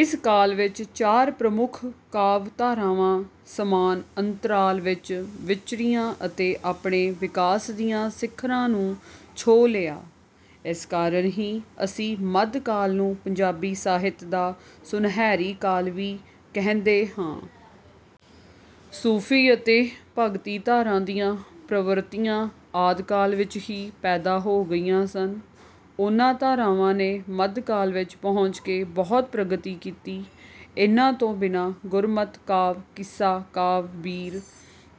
ਇਸ ਕਾਲ ਵਿੱਚ ਚਾਰ ਪ੍ਰਮੁੱਖ ਕਾਵਿ ਧਾਰਾਵਾਂ ਸਮਾਨ ਅੰਤਰਾਲ ਵਿੱਚ ਵਿਚਰੀਆਂ ਅਤੇ ਆਪਣੇ ਵਿਕਾਸ ਦੀਆਂ ਸਿਖਰਾਂ ਨੂੰ ਛੋਹ ਲਿਆ। ਇਸ ਕਾਰਨ ਹੀ ਅਸੀਂ ਮੱਧ ਕਾਲ ਨੂੰ ਪੰਜਾਬੀ ਸਾਹਿਤ ਦਾ ਸੁਨਹਿਰੀ ਕਾਲ ਵੀ ਕਹਿੰਦੇ ਹਾਂ। ਸੂਫੀ ਅਤੇ ਭਗਤੀ ਧਾਰਾ ਦੀਆਂ ਪ੍ਰਵਿਰਤੀਆਂ ਆਦਿ ਕਾਲ ਵਿੱਚ ਹੀ ਪੈਦਾ ਹੋ ਗਈਆਂ ਸਨ। ਉਹਨਾਂ ਧਾਰਾਵਾਂ ਨੇ ਮੱਧਕਾਲ ਵਿੱਚ ਪਹੁੰਚ ਕੇ ਬਹੁਤ ਪ੍ਰਗਤੀ ਕੀਤੀ। ਇਹਨਾਂ ਤੋਂ ਬਿਨਾਂ ਗੁਰਮਤਿ ਕਾਵਿ ਕਿੱਸਾ ਕਾਵਿ ਬੀਰ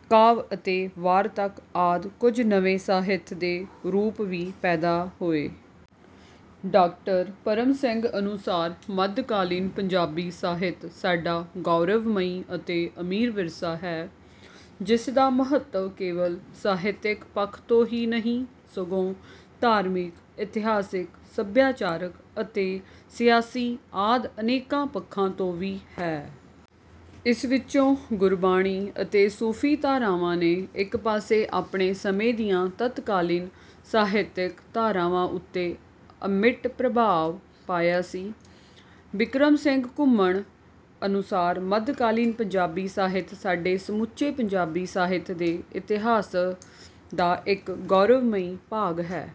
ਕਾਵਿ ਅਤੇ ਵਾਰਤਕ ਆਦਿ ਕੁਝ ਨਵੇਂ ਸਾਹਿਤ ਦੇ ਰੂਪ ਵੀ ਪੈਦਾ ਹੋਏ। ਡਾਕਟਰ ਪਰਮ ਸਿੰਘ ਅਨੁਸਾਰ ਮੱਧਕਾਲੀਨ ਪੰਜਾਬੀ ਸਾਹਿਤ ਸਾਡਾ ਗੌਰਵਮਈ ਅਤੇ ਅਮੀਰ ਵਿਰਸਾ ਹੈ। ਜਿਸ ਦਾ ਮਹੱਤਵ ਕੇਵਲ ਸਾਹਿਤਿਕ ਪੱਖ ਤੋਂ ਹੀ ਨਹੀਂ ਸਗੋਂ ਧਾਰਮਿਕ ਇਤਿਹਾਸਕ ਸੱਭਿਆਚਾਰਕ ਅਤੇ ਸਿਆਸੀ ਆਦਿ ਅਨੇਕਾਂ ਪੱਖਾਂ ਤੋਂ ਵੀ ਹੈ। ਇਸ ਵਿੱਚੋਂ ਗੁਰਬਾਣੀ ਅਤੇ ਸੂਫੀ ਧਾਰਾਵਾਂ ਨੇ ਇੱਕ ਪਾਸੇ ਆਪਣੇ ਸਮੇਂ ਦੀਆਂ ਤਤਕਾਲੀਨ ਸਾਹਿਤਿਕ ਧਾਰਾਵਾਂ ਉੱਤੇ ਅਮਿੱਟ ਪ੍ਰਭਾਵ ਪਾਇਆ ਸੀ। ਬਿਕਰਮ ਸਿੰਘ ਘੁਮਣ ਅਨੁਸਾਰ ਮੱਧਕਾਲੀਨ ਪੰਜਾਬੀ ਸਾਹਿਤ ਸਾਡੇ ਸਮੁੱਚੇ ਪੰਜਾਬੀ ਸਾਹਿਤ ਦੇ ਇਤਿਹਾਸ ਦਾ ਇੱਕ ਗੌਰਵਮਈ ਭਾਗ ਹੈ।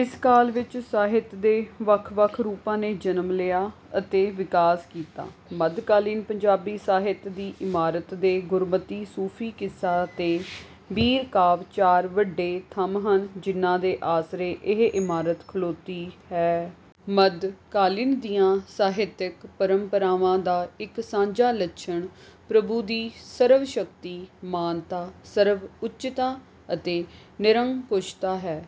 ਇਸ ਕਾਲ ਵਿੱਚ ਸਾਹਿਤ ਦੇ ਵੱਖ ਵੱਖ ਰੂਪਾਂ ਨੇ ਜਨਮ ਲਿਆ ਅਤੇ ਵਿਕਾਸ ਕੀਤਾ। ਮੱਧਕਾਲੀਨ ਪੰਜਾਬੀ ਸਾਹਿਤ ਦੀ ਇਮਾਰਤ ਦੇ ਗੁਰਮਤਿ ਸੂਫੀ ਕਿੱਸਾ ਤੇ ਬੀਰ ਕਾਵਿ ਚਾਰ ਵੱਡੇ ਥੰਮ ਹਨ ਜਿਨ੍ਹਾਂ ਦੇ ਆਸਰੇ ਇਹ ਇਮਾਰਤ ਖਲੋਤੀ ਹੈ। ਮੱਧਕਾਲੀਨ ਦੀਆਂ ਸਾਹਿਤਕ ਪਰੰਪਰਾਵਾਂ ਦਾ ਇੱਕ ਸਾਂਝਾ ਲੱਛਣ ਪ੍ਰਭੂ ਦੀ ਸਰਵਸ਼ਕਤੀ ਮਾਨਤਾ ਸਰਵਉੱਚਤਾ ਅਤੇ ਨਿਰੰਕੁਸ਼ਤਾ ਹੈ।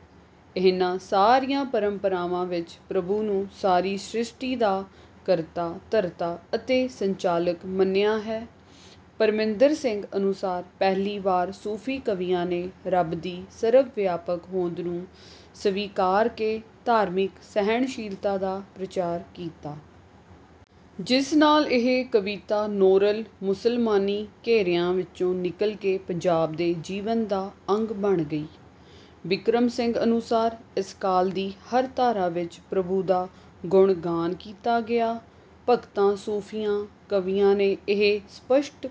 ਇਹਨਾਂ ਸਾਰੀਆਂ ਪਰੰਪਰਾਵਾਂ ਵਿੱਚ ਪ੍ਰਭੂ ਨੂੰ ਸਾਰੀ ਸ੍ਰਿਸ਼ਟੀ ਦਾ ਕਰਤਾ ਧਰਤਾ ਅਤੇ ਸੰਚਾਲਕ ਮੰਨਿਆ ਹੈ। ਪਰਮਿੰਦਰ ਸਿੰਘ ਅਨੁਸਾਰ ਪਹਿਲੀ ਵਾਰ ਸੂਫੀ ਕਵੀਆਂ ਨੇ ਰੱਬ ਦੀ ਸਰਵ ਵਿਆਪਕ ਹੋਂਦ ਨੂੰ ਸਵੀਕਾਰ ਕੇ ਧਾਰਮਿਕ ਸਹਿਣਸ਼ੀਲਤਾ ਦਾ ਪ੍ਰਚਾਰ ਕੀਤਾ। ਜਿਸ ਨਾਲ ਇਹ ਕਵਿਤਾ ਨੋਰਲ ਮੁਸਲਮਾਨੀ ਘੇਰਿਆਂ ਵਿੱਚੋਂ ਨਿਕਲ ਕੇ ਪੰਜਾਬ ਦੇ ਜੀਵਨ ਦਾ ਅੰਗ ਬਣ ਗਈ। ਬਿਕਰਮ ਸਿੰਘ ਅਨੁਸਾਰ ਇਸ ਕਾਲ ਦੀ ਹਰ ਧਾਰਾ ਵਿੱਚ ਪ੍ਰਭੂ ਦਾ ਗੁਣਗਾਨ ਕੀਤਾ ਗਿਆ। ਭਗਤਾਂ ਸੂਫੀਆਂ ਕਵੀਆਂ ਨੇ ਇਹ ਸਪੱਸ਼ਟ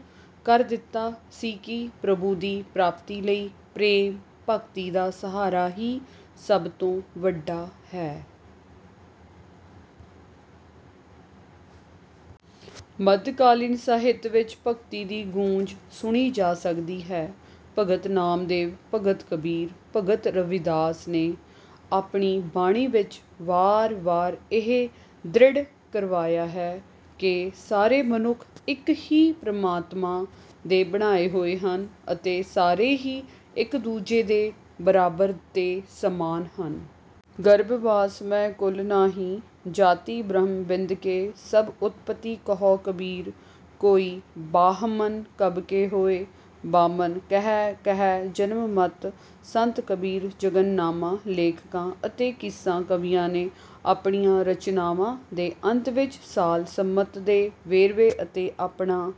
ਕਰ ਦਿੱਤਾ ਸੀ ਕਿ ਪ੍ਰਭੂ ਦੀ ਪ੍ਰਾਪਤੀ ਲਈ ਪ੍ਰੇਮ ਭਗਤੀ ਦਾ ਸਹਾਰਾ ਹੀ ਸਭ ਤੋਂ ਵੱਡਾ ਹੈ। ਮੱਧਕਾਲੀਨ ਸਾਹਿਤ ਵਿੱਚ ਭਗਤੀ ਦੀ ਗੂੰਜ ਸੁਣੀ ਜਾ ਸਕਦੀ ਹੈ। ਭਗਤ ਨਾਮਦੇਵ ਭਗਤ ਕਬੀਰ ਭਗਤ ਰਵਿਦਾਸ ਨੇ ਆਪਣੀ ਬਾਣੀ ਵਿੱਚ ਵਾਰ ਵਾਰ ਇਹ ਦ੍ਰਿੜ੍ਹ ਕਰਵਾਇਆ ਹੈ ਕਿ ਸਾਰੇ ਮਨੁੱਖ ਇੱਕ ਹੀ ਪ੍ਰਮਾਤਮਾ ਦੇ ਬਣਾਏ ਹੋਏ ਹਨ ਅਤੇ ਸਾਰੇ ਹੀ ਇੱਕ ਦੂਜੇ ਦੇ ਬਰਾਬਰ ਤੇ ਸਮਾਨ ਹਨ। ਗਰਭ ਵਾਸ ਮੈਂ ਕੁਲ ਨਾਹੀਂ ਜਾਤੀ ਬ੍ਰਹਮ ਬਿੰਦ ਕੇ ਸਭ ਉਤਪਤੀ ਕਹੁ ਕਬੀਰ ਕੋਈ ਬਾਹਮਨ ਕਬ ਕੇ ਹੋਏ। ਬਾਮਨ ਕਹਿ ਕਹਿ ਜਨਮ ਮਤ ਸੰਤ ਕਬੀਰ ਜੰਗਨਾਮਾ ਲੇਖਕਾਂ ਅਤੇ ਕਿੱਸਾ ਕਵੀਆਂ ਨੇ ਆਪਣੀਆਂ ਰਚਨਾਵਾਂ ਦੇ ਅੰਤ ਵਿੱਚ ਸਾਲ ਸੰਮਤ ਦੇ ਵੇਰਵੇ ਅਤੇ ਆਪਣਾ